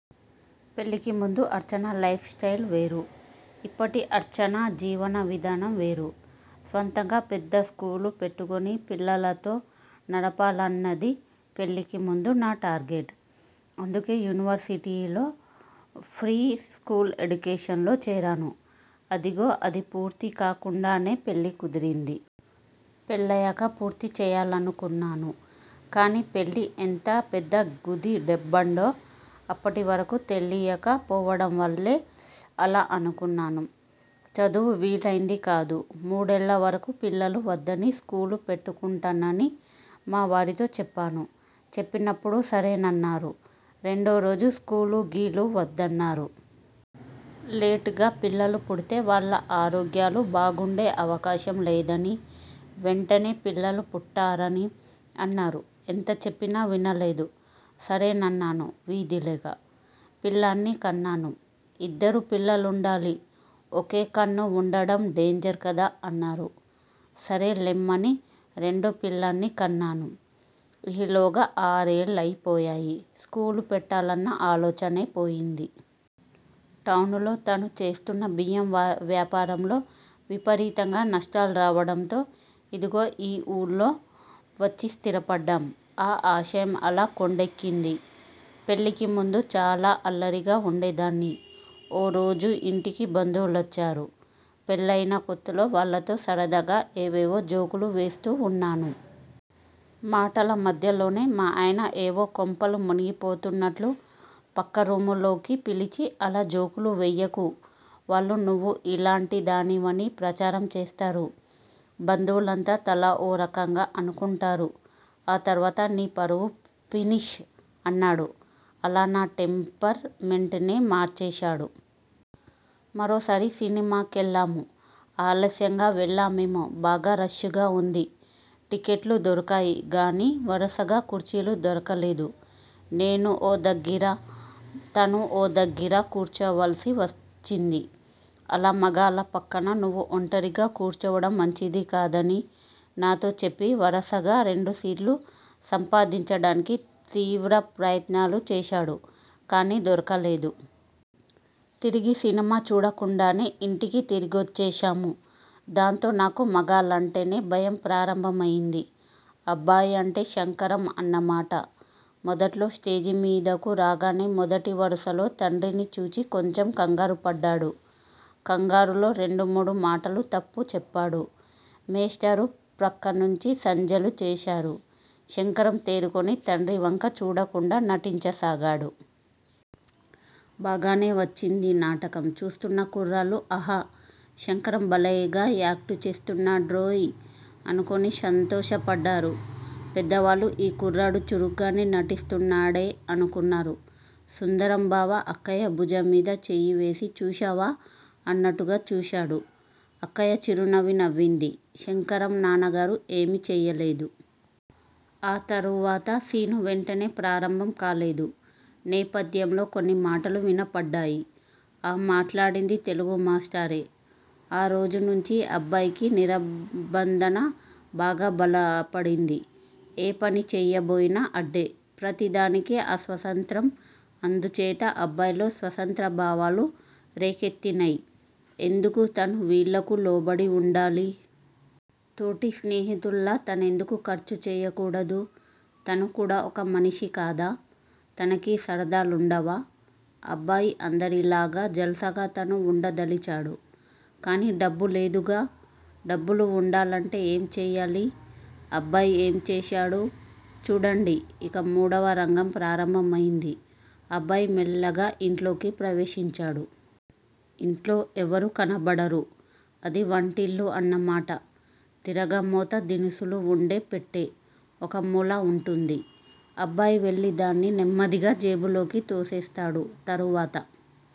పెళ్ళికి ముందు Archana lifestyle వేరు, ఇప్పటి అర్చన జీవన విధానం వేరు. స్వంతంగా పెద్ద స్కూలు పెట్టుకొని, పిల్లలతో నడపాలన్నదీ పెళ్ళికి ముందు నా టార్గెట్. అందుకే యూనివర్శిటీలో ఫ్రీ స్కూల్ ఎడ్యుకేషన్ లో చేరాను. అదిగో అది పూర్తి కాకుండానే పెళ్ళి కుదిరింది. పెళ్ళయ్యాక పూర్తి చేయాలనుకున్నాను. కానీ పెళ్ళి ఎంత పెద్ద గుది బండో అప్పటి వరకు తెలియక పోవడం వల్లే అలా అనుకున్నాను. చదువు వీలయింది కాదు. మూడేళ్ళ వరకు పిల్లలు వద్దని స్కూలు పెట్టుకుంటానని మా వారితో చెప్పాను. చెప్పినప్పుడు సరేనన్నారు. రెండో రోజు స్కూలూ గీలూ వద్దన్నారు. లేట్ గా పిల్లలు పుడితే వాళ్ళ ఆరోగ్యాలు బాగుండే అవకాశం లేదనీ, వెంటనే పిల్లలు పుట్టారని అన్నారు. ఎంత చెప్పినా వినలేదు. సరేనన్నాను విధి లేక. పిల్లాడ్ని కన్నాను. ఇద్దరు పిల్లలుండాలి. ఒకే కన్ను వుండడం డేంజర్ కదా అన్నారు. సరే లెమ్మని రెండో పిల్లాడ్ని కన్నాను ఈలోగా ఆరేళ్ళయి పోయాయి స్కూలు పెట్టాలన్న ఆలోచనే పోయింది. టౌనులో తను చేస్తున్న బియ్యం వ్యాపారంలో విపరీతంగా నష్టాలు రావడంతో ఇదిగో ఈ ఊర్లో వచ్చి స్థిర పడ్డాం. ఆ ఆశయం అలా కొండెక్కింది. పెళ్ళికి ముందు చాలా అల్లరిగా వుండేదాన్ని, ఓ రోజు ఇంటికి బంధువులొచ్చారు పెళ్ళయిన కొత్తలో వాళ్ళతో సరదాగా, ఏవేవో జోక్ లు వేస్తూ వున్నాను. మాటల మధ్యలోనే మా ఆయన ఏవో కొంపలు మునిగిపోతున్నట్లు పక్క రూమ్ లోకి పిలిచి, అలా జోకులు వేయకు. వాళ్ళు నువ్వు ఇలాంటి దానివని ప్రచారం చేస్తారు. బంధువులంతా తలా ఓ రకంగా అనుకుంటారు. ఆ తరువాత నీ పరువు ఫినిష్ అన్నాడు. అలా నా టెంపర్ మెంట్ నే మార్చేశాడు. మరోసారి సినిమా కెళ్ళాము. ఆలస్యంగా వెళ్ళామేమో బాగా రష్ గా వుంది. టిక్కెట్లు దొరికాయి గానీ వరసగా కుర్చీలు దొరకలేదు. నేను ఓ దగ్గిరా, తను ఓ దగ్గిరా కూర్చోవాల్సి వచ్చింది. అలా మగాళ్ళ పక్కన నువ్వు ఒంటరిగా కూర్చోవడం మంచిది కాదని నాతో చెప్పి వరుసగా రెండు సీట్లు సంపాదించడానికి తీవ్ర ప్రయత్నాలు చేశాడు కానీ దొరకలేదు. తిరిగి సినిమా చూడకుండానే ఇంటికి తిరిగొచ్చేశాము. దాంతో నాకు మగాళ్ళంటేనే భయం ప్రారంభమయింది. అబ్బాయంటే శంకరం అన్నమాట. మొదట్లో స్టేజీమీదకు రాగానే మొదటి వరుసలో తండ్రిని చూచి కొంచెం కంగారుపడ్డాడు. కంగారులో రెండుమూడు మాటలు తప్పు చెప్పాడు. మేస్టారు ప్రక్కనుంచి సంజ్ఞలు చేశారు. శంకరం తేరుకొని తండ్రివంక చూడకుండా నటించసాగాడు. బాగానే వచ్చింది. నాటకం చూస్తున్న కుర్రాళ్ళు ఆహా! శంకరం బలేగా యాక్టు చేస్తున్నాడ్రోయ్ అనుకోని సంతోషపడ్డారు. పెద్దవాళ్ళు ఈ కుర్రాడు చురుగ్గానే నటిస్తున్నాడే అనుకున్నారు. సుందరం బావ అక్కయ్య భుజంమీద చేయివేసి చూశావా అన్నట్టుగా చూశాడు. అక్కయ్య చిరునవ్వు నవ్వింది. శంకరం నాన్నగారు ఏమీ చెయ్యలేదు. ఆ తరువాత సీను వెంటనే ప్రారంభం కాలేదు. నేపథ్యంలో కొన్నిమాటలు వినపడ్డాయి. ఆ మాట్లాడింది తెలుగు మాస్టారే. ఆ రోజునుంచి అబ్బాయికి నిర్భంధన బాగా బలపడింది. ఏ పని చెయ్యబోయినా అడ్డే. ప్రతిదానికీ అస్వతంత్రం. అందుచేత అబ్బాయిలో స్వతంత్ర భావాలు రేకెత్తినై. ఎందుకు తను వీళ్ళకు లోబడి వుండాలి? తోటి స్నేహితుల్లా తనెందుకు ఖర్చు చెయ్యకూడదు? తను కూడా ఒక మనిషి కాదా? తనకీ సరదాలుండవా? అబ్బాయి అందరిలాగే జల్సాగా తనూ వుండదలిచాడు. కాని డబ్బు లేదుగా! డబ్బులు వుండాలంటే ఏం చెయ్యాలి? అబ్బాయి ఏంచేశాడు? చూడండి. ఇక మూడవ రంగం ప్రారంభమయింది. అబ్బాయి మెల్లగా యింట్లోకి ప్రవేశించాడు. యింట్లో ఎవరూ కనబడరు. అది వంటిల్లు అన్నమాట. తిరగమోత దినుసులు వుండే పెట్టె ఒక మూల వుంటుంది. అబ్బాయి వెళ్ళి దాన్ని నెమ్మదిగా జేబులోకి తోసేస్తాడు. తరువాత